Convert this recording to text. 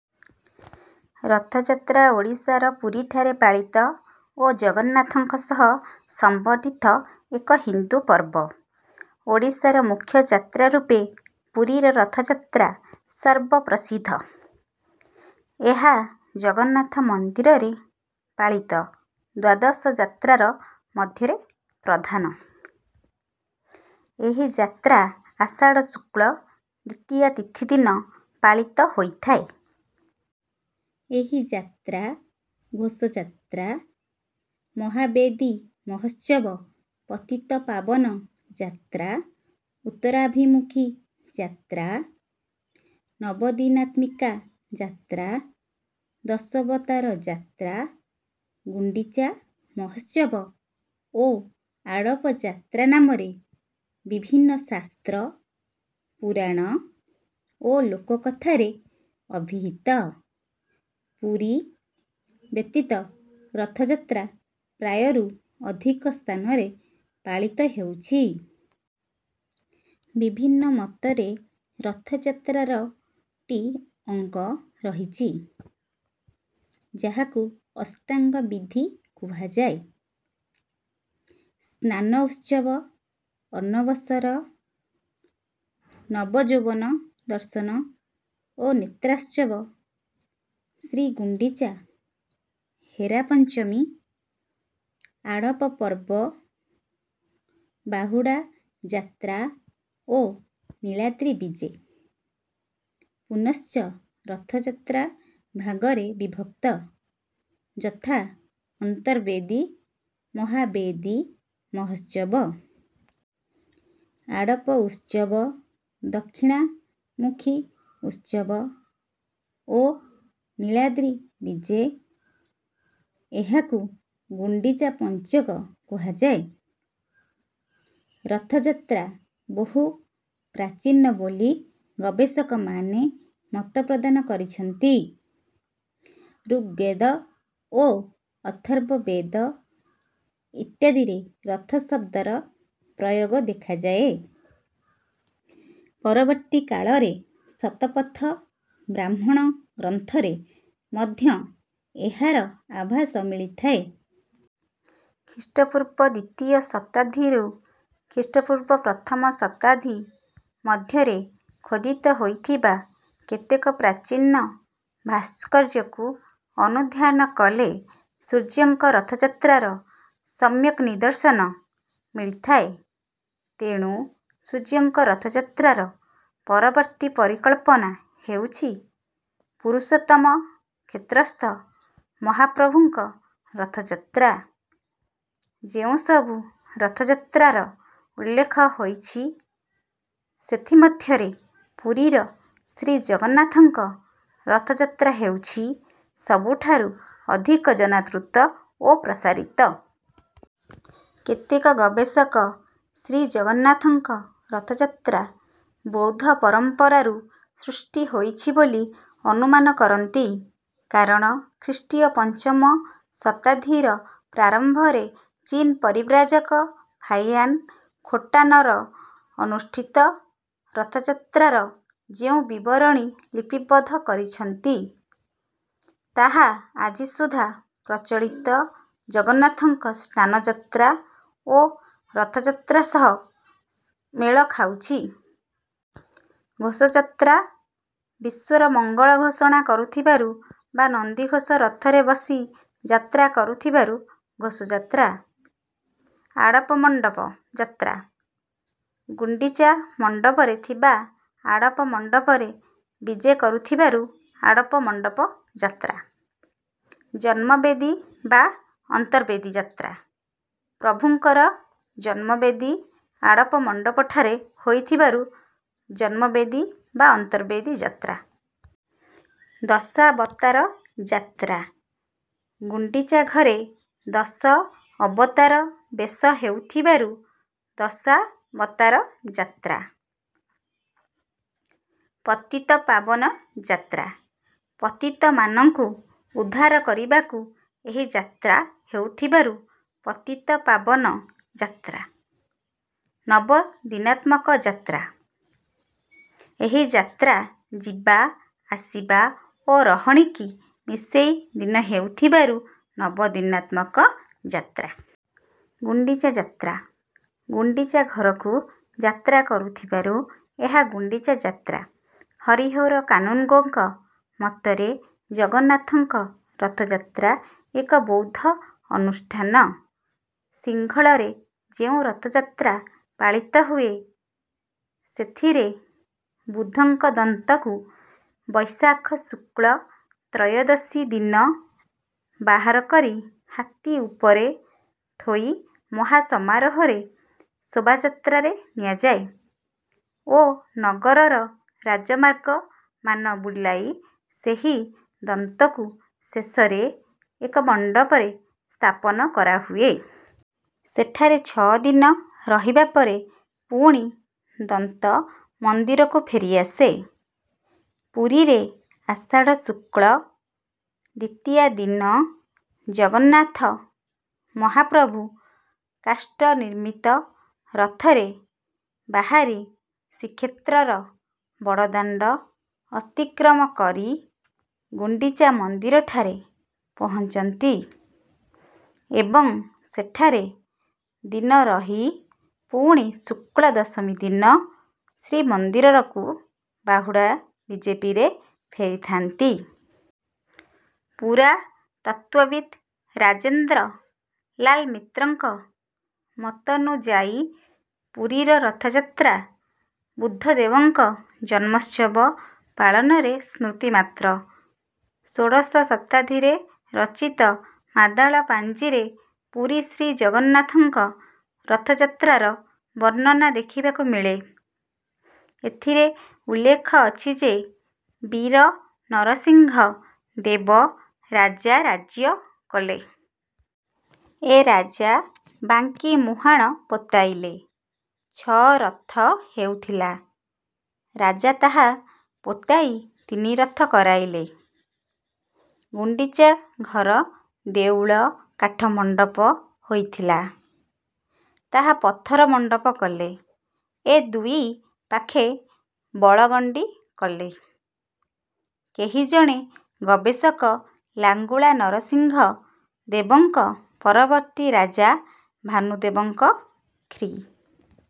ରଥଯାତ୍ରା ଓଡ଼ିଶାର ପୁରୀଠାରେ ପାଳିତ ଓ ଜଗନ୍ନାଥଙ୍କ ସହ ସମ୍ବନ୍ଧିତ ଏକ ହିନ୍ଦୁ ପର୍ବ। ଓଡ଼ିଶାର ମୁଖ୍ୟ ଯାତ୍ରା ରୂପେ ପୁରୀର ରଥଯାତ୍ରା ସର୍ବପ୍ରସିଦ୍ଧ। ଏହା ଜଗନ୍ନାଥ ମନ୍ଦିରରେ ପାଳିତ ଦ୍ୱାଦଶ ଯାତ୍ରାର ମଧ୍ୟରେ ପ୍ରଧାନ। ଏହି ଯାତ୍ରା ଆଷାଢ଼ ଶୁକ୍ଳ ଦ୍ୱିତୀୟା ତିଥି ଦିନ ପାଳିତ ହୋଇଥାଏ। ଏହି ଯାତ୍ରା ଘୋଷ ଯାତ୍ରା, ମହାବେଦୀ ମହୋତ୍ସବ, ପତିତପାବନ ଯାତ୍ରା, ଉତ୍ତରାଭିମୁଖୀ ଯାତ୍ରା, ନବଦିନାତ୍ମିକା ଯାତ୍ରା, ଦଶାବତାର ଯାତ୍ରା, ଗୁଣ୍ଡିଚା ମହୋତ୍ସବ ଓ ଆଡ଼ପ ଯାତ୍ରା ନାମରେ ବିଭିନ୍ନ ଶାସ୍ତ୍ର, ପୁରାଣ ଓ ଲୋକ କଥାରେ ଅଭିହିତ। ପୁରୀ ବ୍ୟତୀତ ରଥଯାତ୍ରା ପ୍ରାୟ ରୁ ଅଧିକ ସ୍ଥାନରେ ପାଳିତ ହେଉଛି। ବିଭିନ୍ନ ମତରେ ରଥଯାତ୍ରାର ଟି ଅଙ୍ଗ ରହିଛି, ଯାହାକୁ ଅଷ୍ଟାଙ୍ଗ ବିଧି କୁହାଯାଏ।. ସ୍ନାନ ଉତ୍ସବ,. ଅନବସର,. ନବଯୌବନ ଦର୍ଶନ ଓ ନେତ୍ରୋତ୍ସବ,. ଶ୍ରୀଗୁଣ୍ଡିଚା,. ହେରାପଞ୍ଚମୀ,. ଆଡ଼ପ ପର୍ବ,. ବାହୁଡ଼ା ଯାତ୍ରା ଓ. ନୀଳାଦ୍ରି ବିଜେ। ପୁନଶ୍ଚ ରଥଯାତ୍ରା ଭାଗରେ ବିଭକ୍ତ। ଯଥା. ଅନ୍ତର୍ବେଦୀ,. ମହାବେଦୀ ମହୋତ୍ସବ,. ଆଡ଼ପ ଉତ୍ସବ,. ଦକ୍ଷିଣାମୁଖୀ ଉତ୍ସବ ଓ. ନୀଳାଦ୍ରି ବିଜେ। ଏହାକୁ ଗୁଣ୍ଡିଚା ପଞ୍ଚକ କୁହଯାଏ। ରଥଯାତ୍ରା ବହୁ ପ୍ରାଚୀନ ବୋଲି ଗବେଷକମାନେ ମତ ପ୍ରଦାନ କରିଛନ୍ତି। ଋଗ୍ବେଦ ଓ ଅଥର୍ବ ବେଦ ଇତ୍ୟାଦିରେ ରଥ ଶବ୍ଦର ପ୍ରୟୋଗ ଦେଖାଯାଏ। ପରବର୍ତ୍ତୀ କାଳରେ ଶତପଥ ବ୍ରାହ୍ମଣ ଗ୍ରନ୍ଥରେ ମଧ୍ୟ ଏହାର ଆଭାସ ମିଳିଥାଏ। ଖ୍ରୀଷ୍ଟପୂର୍ବ ଦ୍ୱିତୀୟ ଶତାଦ୍ଦୀରୁ ଖ୍ରୀଷ୍ଟପୂର୍ବ ପ୍ରଥମ ଶତାଦ୍ଦୀ ମଧ୍ୟରେ ଖୋଦିତ ହୋଇଥିବା କେତେକ ପ୍ରାଚୀନ ଭାସ୍କର୍ଯ୍ୟକୁ ଅନୁଧ୍ୟାନ କଲେ ସୂର୍ଯ୍ୟଙ୍କ ରଥଯାତ୍ରାର ସମ୍ୟକ୍ ନିଦର୍ଶନ ମିଳିଥାଏ। ତେଣୁ ସୂର୍ଯ୍ୟଙ୍କ ରଥଯାତ୍ରାର ପରବର୍ତ୍ତୀ ପରିକଳ୍ପନା ହେଉଛି ପୁରୁଷୋତ୍ତମ କ୍ଷେତ୍ରସ୍ଥ ମହାପ୍ରଭୁଙ୍କ ରଥଯାତ୍ରା। ଯେଉଁ ସବୁ ରଥଯାତ୍ରାର ଉଲ୍ଲେଖ ହୋଇଛି ସେଥି ମଧ୍ୟରେ ପୁରୀର ଶ୍ରୀଜଗନ୍ନାଥଙ୍କ ରଥଯାତ୍ରା ହେଉଛି ସବୁଠାରୁ ଅଧିକ ଜନାଦୃତ ଓ ପ୍ରସାରିତ। କେତେକ ଗବେଷକ ଶ୍ରୀଜଗନ୍ନାଥଙ୍କ ରଥଯାତ୍ରା ବୌଦ୍ଧ ପରମ୍ପରାରୁ ସୃଷ୍ଟି ହୋଇଛି ବୋଲି ଅନୁମାନ କରନ୍ତି। କାରଣ ଖ୍ରୀଷ୍ଟୀୟ ପଞ୍ଚମ ଶତାଦ୍ଦୀର ପ୍ରାରମ୍ଭରେ ଚୀନ ପରିବ୍ରାଜକ ଫାହିୟାନ୍ ଖୋଟାନରେ ଅନୁଷ୍ଠିତ ରଥଯାତ୍ରାର ଯେଉଁ ବିବରଣୀ ଲିପିବଦ୍ଧ କରିଛନ୍ତି, ତାହା ଆଜିସୁଦ୍ଧା ପ୍ରଚଳିତ ଜଗନ୍ନାଥଙ୍କ ସ୍ନାନଯାତ୍ରା ଓ ରଥଯାତ୍ରା ସହ ମେଳ ଖାଉଛି। ଘୋଷଯାତ୍ରା: ବିଶ୍ୱର ମଙ୍ଗଳ ଘୋଷଣା କରୁଥିବାରୁ ବା ନନ୍ଦିଘୋଷ ରଥରେ ବସି ଯାତ୍ରା କରୁଥିବାରୁ ଘୋଷଯାତ୍ରା। ଆଡ଼ପମଣ୍ଡପ ଯାତ୍ରା: ଗୁଣ୍ଡିଚା ମଣ୍ଡପରେ ଥିବା ଆଡ଼ପମଣ୍ଡପରେ ବିଜେ କରୁଥିବାରୁ ଆଡ଼ପମଣ୍ଡପ ଯାତ୍ରା। ଜନ୍ମବେଦୀ ବା ଅନ୍ତର୍ବେଦୀ ଯାତ୍ରା: ପ୍ରଭୁଙ୍କର ଜନ୍ମ ବେଦୀ ଆଡ଼ପମଣ୍ଡପଠାରେ ହୋଇଥିବାରୁ ଜନ୍ମବେଦୀ ବା ଅନ୍ତର୍ବେଦୀ ଯାତ୍ରା। ଦଶାବତାର ଯାତ୍ରା: ଗୁଣ୍ଡିଚା ଘରେ ଦଶ ଅବତାର ବେଶ ହେଉଥିବାରୁ ଦଶାବତାର ଯାତ୍ରା। ପତିତପାବନ ଯାତ୍ରା: ପତିତମାନଙ୍କୁ ଉଦ୍ଧାର କରିବାକୁ ଏହି ଯାତ୍ରା ହେଉଥିବାରୁ ପତିତପାବନ ଯାତ୍ରା। ନବଦିନାତ୍ମକ ଯାତ୍ରା: ଏହି ଯାତ୍ରା ଯିବା ଆସିବା ଓ ରହଣୀକୁ ମିଶେଇ ଦିନ ହେଉଥିବାରୁ ନବଦିନାତ୍ମକ ଯାତ୍ରା। ଗୁଣ୍ଡିଚା ଯାତ୍ରା: ଗୁଣ୍ଡିଚା ଘରକୁ ଯାତ୍ରା କରୁଥିବାରୁ ଏହା ଗୁଣ୍ଡିଚା ଯାତ୍ରା। ହରିହର କାନୁନଗୋଙ୍କ ମତରେ ଜଗନ୍ନାଥଙ୍କ ରଥଯାତ୍ରା ଏକ ବୌଦ୍ଧ ଅନୁଷ୍ଠାନ। ସିଂହଳରେ ଯେଉଁ ରଥଯାତ୍ରା ପାଳିତ ହୁଏ, ସେଥିରେ ବୁଦ୍ଧଙ୍କ ଦନ୍ତକୁ ବୈଶାଖ ଶୁକ୍ଳ ତ୍ରୟୋଦଶୀ ଦିନ ବାହାର କରି ହାତୀ ଉପରେ ଥୋଇ ମହା ସମାରୋହରେ ଶୋଭାଯାତ୍ରାରେ ନିଆଯାଏ ଓ ନଗରର ରାଜମାର୍ଗ ମାନ ବୁଲାଇ ସେହି ଦନ୍ତକୁ ଶେଷରେ ଏକ ମଣ୍ଡପରେ ସ୍ଥାପନ କରାହୁଏ। ସେଠାରେ ଛଅଦିନ ରହିବା ପରେ ପୁଣି ଦନ୍ତ ମନ୍ଦିରକୁ ଫେରି ଆସେ। ପୁରୀରେ ଆଷାଢ଼ ଶୁକ୍ଳ ଦ୍ୱିତୀୟା ଦିନ ଜଗନ୍ନାଥ ମହାପ୍ରଭୁ କାଷ୍ଠ ନିର୍ମିତ ରଥରେ ବାହାରି ଶୀକ୍ଷେତ୍ରର ବଡ଼ଦାଣ୍ଡ ଅତିକ୍ରମ କରି ଗୁଣ୍ଡିଚା ମନ୍ଦିରଠାରେ ପହଞ୍ଚନ୍ତି ଏବଂ ସେଠାରେ ଦିନ ରହି ପୁଣି ଶୁକ୍ଳ ଦଶମୀ ଦିନ ଶ୍ରୀମନ୍ଦିରରକୁ ବାହୁଡା ବିଜେରେ ଫେରିଥାନ୍ତି। ପୁରାତତ୍ତ୍ୱବିତ ରାଜେନ୍ଦ୍ର ଲାଲ ମିତ୍ରଙ୍କ ମତନୁଯାୟୀ ପୁରୀର ରଥଯାତ୍ରା ବୁଦ୍ଧଦେବଙ୍କ ଜନ୍ମୋତ୍ସବ ପାଳନର ସ୍ମୃତି ମାତ୍ର। ଷୋଡ଼ଶ ଶତାଦ୍ଦୀରେ ରଚିତ ମାଦଳା ପାଞ୍ଜିରେ ପୁରୀ ଶ୍ରୀଜଗନ୍ନାଥଙ୍କ ରଥଯାତ୍ରାର ବର୍ଣ୍ଣନା ଦେଖିବାକୁ ମିଳେ। ଏଥିରେ ଉଲ୍ଲେଖ ଅଛି ଯେ, ବୀର ନରସିଂହ ଦେବ ରାଜା ରାଜ୍ୟ କଲେ। ଏ ରାଜା ବାଙ୍କୀ ମୁହାଣ ପୋତାଇଲେ। ଛଅ ରଥ ହେଉଥିଲା, ରାଜା ତାହା ପୋତାଇ ତିନି ରଥ କରାଇଲେ। ଗୁଣ୍ଡିଚା ଘର ଦେଉଳ କାଠ ମଣ୍ଡପ ହୋଇଥିଲା, ତାହା ପଥର ମଣ୍ଡପ କଲେ। ଏ ଦୁଇ ପାଖେ ବଳଗଣ୍ଡି କଲେ।। କେହି ଜଣେ ଗବେଷକ ଲାଙ୍ଗୁଳା ନରସିଂହ ଦେବଙ୍କ ପରବର୍ତ୍ତୀ ରାଜା ଭାନୁଦେବଙ୍କ ଖ୍ରୀ.